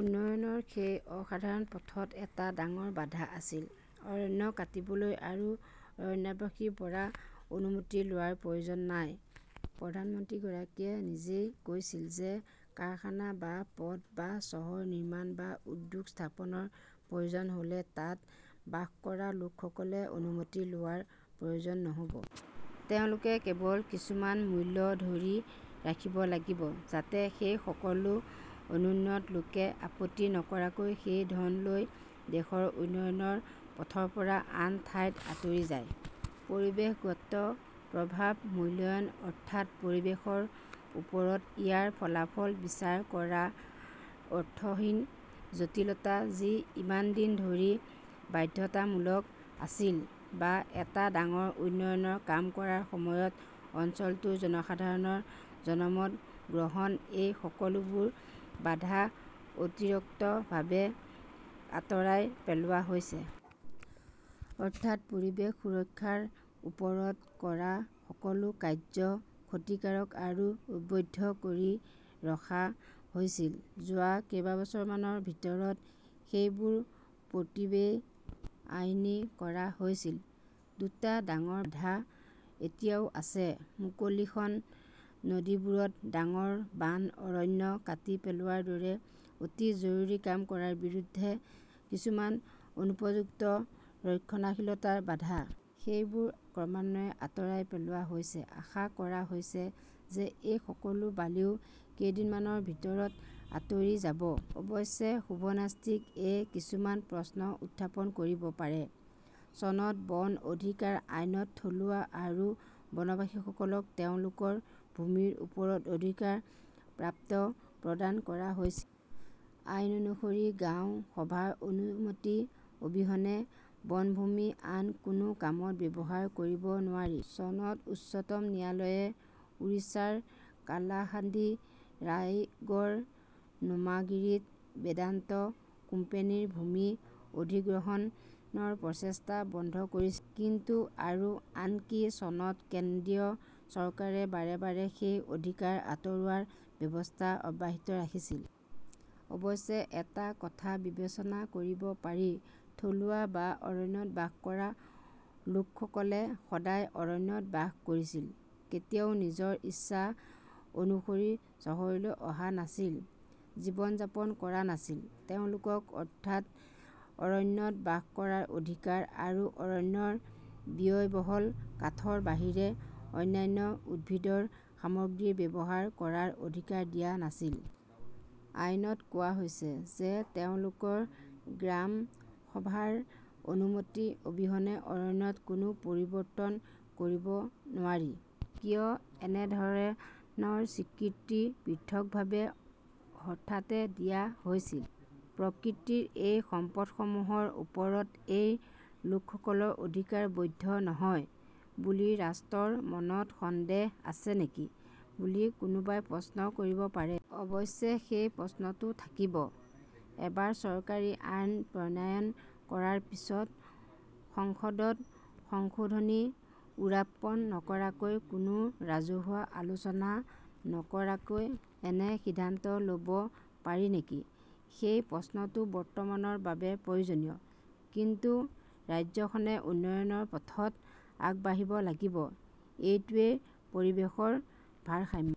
উন্নয়নৰ সেই অ-সাধাৰণ পথত এটা ডাঙৰ বাধা আছিল-অৰণ্য কাটিবলৈ আৰু অৰণ্যবাসীৰ পৰা অনুমতি লোৱাৰ প্ৰয়োজন নাই। প্ৰধানমন্ত্ৰীগৰাকীয়ে নিজেই কৈছিল যে কাৰখানা বা পথ, বা চহৰ নিৰ্মাণ, বা উদ্যোগ স্থাপনৰ প্ৰয়োজন হ 'লে তাত বাস কৰা লোকসকলে অনুমতি লোৱাৰ প্ৰয়োজন নহ' ব। তেওঁলোকে কেৱল কিছুমান মূল্য ধৰি ৰাখিব লাগিব-যাতে সেই সকলো 'অনুন্নত "লোকে আপত্তি নকৰাকৈ সেই ধন লৈ দেশৰ উন্নয়নৰ পথৰ পৰা আন ঠাইত আঁতৰি যায়। পৰিৱেশগত প্ৰভাৱ মূল্যায়ন, অৰ্থাৎ 'পৰিৱেশৰ ওপৰত ইয়াৰ ফলাফল বিচাৰ কৰা' ৰ অৰ্থহীন জটিলতা যি ইমান দিন ধৰি বাধ্যতামূলক আছিল, বা এটা ডাঙৰ উন্নয়নৰ কাম কৰাৰ সময়ত অঞ্চলটোৰ জনসাধাৰণৰ 'জনমত গ্ৰহণ'-এই সকলোবোৰ বাধা অতিৰিক্তভাৱে আঁতৰাই পেলোৱা হৈছে। অৰ্থাৎ, 'পৰিৱেশ সুৰক্ষা "ৰ ওপৰত কৰা সকলো কাৰ্য্য ক্ষতিকাৰক আৰু অবৈধ কৰি ৰখা হৈছিল, যোৱা কেইবছৰমানৰ ভিতৰত সেইবোৰৰ প্ৰতিটোৱেই আইনী কৰা হৈছিল। দুটা ডাঙৰ বাধা এতিয়াও আছে-মুকলি খনি, নদীবোৰত ডাঙৰ বান্ধ, অৰণ্য কাটি পেলোৱাৰ দৰে অতি জৰুৰী কাম কৰাৰ বিৰুদ্ধে কিছুমান অনুপযুক্ত ৰক্ষণশীলতাৰ বাধা। সেইবোৰো ক্ৰমান্বয়ে আঁতৰাই পেলোৱা হৈছে-আশা কৰা হৈছে যে এই সকলো বালিও কেইদিনমানৰ ভিতৰত আঁতৰি যাব। অৱশ্যে 'শুভনাষ্টিক "-এ কিছুমান প্ৰশ্ন উত্থাপন কৰিব পাৰে। চনত বন অধিকাৰ আইনত থলুৱা আৰু বনবাসীসকলক তেওঁলোকৰ ভূমিৰ ওপৰত অধিকাৰ পট্টা প্ৰদান কৰা হৈছিল। আইন অনুসৰি গাঁও সভাৰ অনুমতি অবিহনে বনভূমি আন কোনো কামত ব্যৱহাৰ কৰিব নোৱাৰি। চনত উচ্চতম ন্যায়ালয়ে উৰিষ্যাৰ কালাহাণ্ডি ৰায়গড় নেমাগিৰীত বেদান্ত কোম্পানীৰ ভূমি অধিগ্ৰহণৰ প্ৰচেষ্টা বন্ধ কৰিছিল। কিন্তু, আৰু আনকি চনত কেন্দ্ৰীয় চৰকাৰে বাৰে বাৰে সেই অধিকাৰ আঁতৰোৱাৰ ব্যৱস্থা অব্যাহত ৰাখিছিল। অৱশ্যে এটা কথা বিবেচনা কৰিব পাৰি-থলুৱা বা অৰণ্যত বাস কৰা লোকসকলে সদায় অৰণ্যত বাস কৰিছিল, কেতিয়াও নিজৰ ইচ্ছা অনুসৰি চহৰলৈ অহা নাছিল, জীৱন যাপন কৰা নাছিল, তেওঁলোকক হঠাতে 'অৰণ্যত বাস কৰাৰ অধিকাৰ, আৰু অৰণ্যৰ ব্যয়বহুল কাঠৰ বাহিৰে অন্যান্য উদ্ভিদৰ সামগ্ৰী ব্যৱহাৰ কৰাৰ অধিকাৰ' দিয়া হৈছিল। আইনত কোৱা হৈছে যে তেওঁলোকৰ 'গ্ৰাম সভাৰ অনুমতি অবিহনে অৰণ্যত কোনো পৰিৱৰ্তন কৰিব নোৱাৰি "। কিয় এনে ধৰণৰ স্বীকৃতি পৃথকভাৱে হঠাতে দিয়া হৈছিল? প্ৰকৃতিৰ এই সম্পদসমূহৰ ওপৰত এই লোকসকলৰ অধিকাৰ 'বৈধ "নহয় বুলি ৰাষ্ট্ৰৰ মনত সন্দেহ আছে নেকি বুলি কোনোবাই প্ৰশ্ন কৰিব পাৰে? অৱশ্যে, সেই প্ৰশ্নটো থাকিব। এবাৰ চৰকাৰী আইন প্ৰণয়ন কৰাৰ পিছত, সংসদত সংশোধনী উত্থাপন নকৰাকৈ, কোনো ৰাজহুৱা আলোচনা নকৰাকৈ এনে সিদ্ধান্ত ল "ব পাৰি নেকি সেই প্ৰশ্নটো বৰ্তমানৰ বাবে প্ৰয়োজনীয়। কিন্তু ৰাজ্যখনে উন্নয়নৰ পথত আগবাঢ়িব লাগিব। এইটোৱে পৰিৱেশৰ ভাৰসাম্য